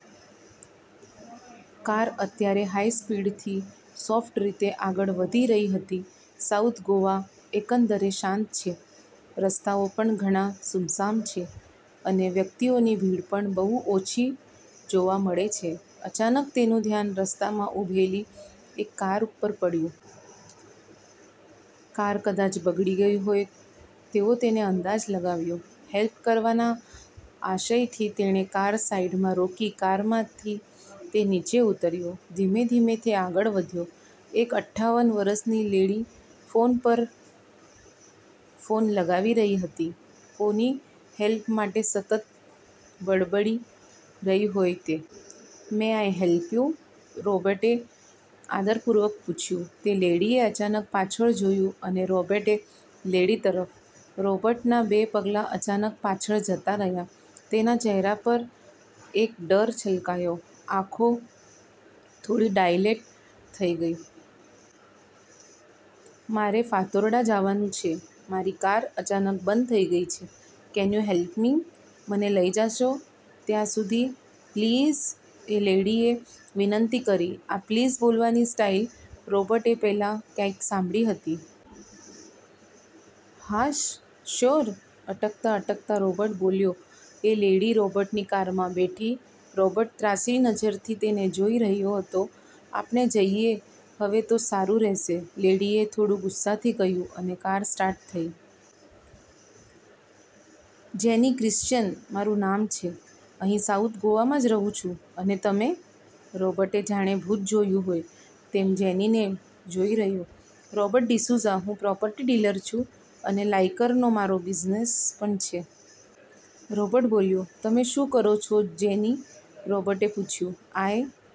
Car અત્યારે high સ્પીડથી soft રીતે આગળ વધી રહી હતી. સાઉથ ગોવા એકંદરે શાંત છે, રસ્તાઓ પણ ઘણા સૂમસામ છે, અને વ્યક્તિઓની ભીડ પણ બહુ ઓછી જોવા મળે છે. અચાનક તેનું ધ્યાન રસ્તામાં ઊભેલી એક કાર ઉપર પડ્યું. કાર કદાચ બગડી ગઈ હોય તેવો તેને અંદાજ લગાવ્યો. હેલ્પ કરવાના આશયથી તેણે કાર સાઇડમાં રોકી કારમાંથી તે નીચે ઊતર્યો. ધીમે-ધીમે તે આગળ વધ્યો. એક અઠાવન વર્ષની લેડી ફોન પર ફોન લગાવી રહી હતી, કોઈની હેલ્પ માટે સતત બબડી રહી હોય તેવુ "મે આઈ હેલ્પ યુ?" રૉબર્ટે આદરપૂર્વક પૂછ્યું. તે લેડીએ અચાનક પાછળ જોયું અને રોબર્ટે લેડી તરફ. રોબર્ટના બે પગલાં અચાનક પાછળ જતા રહ્યા. તેના ચહેરા પર એક ડર છલકાયો. આંખો થોડી ડાયલેટ થઈ ગઈ. "મારે ફાતોરડા જવાનું છે અને મારી કાર અચાનક બંધ થઈ ગઈ, કેન યુ હેલ્પ મી? મને લઈ જશો ત્યાં સુધી? પ્લીઝ!" એ લેડીએ વિનંતી કરી. આ પ્લીઝ બોલવાની સ્ટાઈલ રૉબર્ટે પહેલા ક્યાંક સાંભળી હતી. "હા સ, સ, સ્યોર!" અટકાતા-અટકાતા રોબર્ટ બોલ્યો.. એ લેડી રોબર્ટની કારમાં બેઠી. રોબર્ટ ત્રાંસી નજરથી તેને જોઈ રહ્યો હતો. "આપણે જઈએ હવે તો સારૂ રહેશે!" લેડીએ થોડુ ગુસ્સાથી કહ્યું. અને કાર સ્ટાર્ટ થઈ. " 'જેની ક્રિસ્ચયન' મારૂ નામ છે અહીં સાઉથ ગોવામાં જ રહું છું, અને તમે?" રોબર્ટે જાણે ભૂત જોયું હોય તેમ જેનીને જોઈ રહ્યો. " 'રૉબર્ટ ડિસુઝા', હું પ્રોપર્ટી ડીલર છું, અને લાઈકરનો મારો બિઝનેસ પણ છે." રૉબર્ટ બોલ્યો. "તમે શું કરો છો જેની?" રૉબર્ટે પૂછ્યું. "આઈ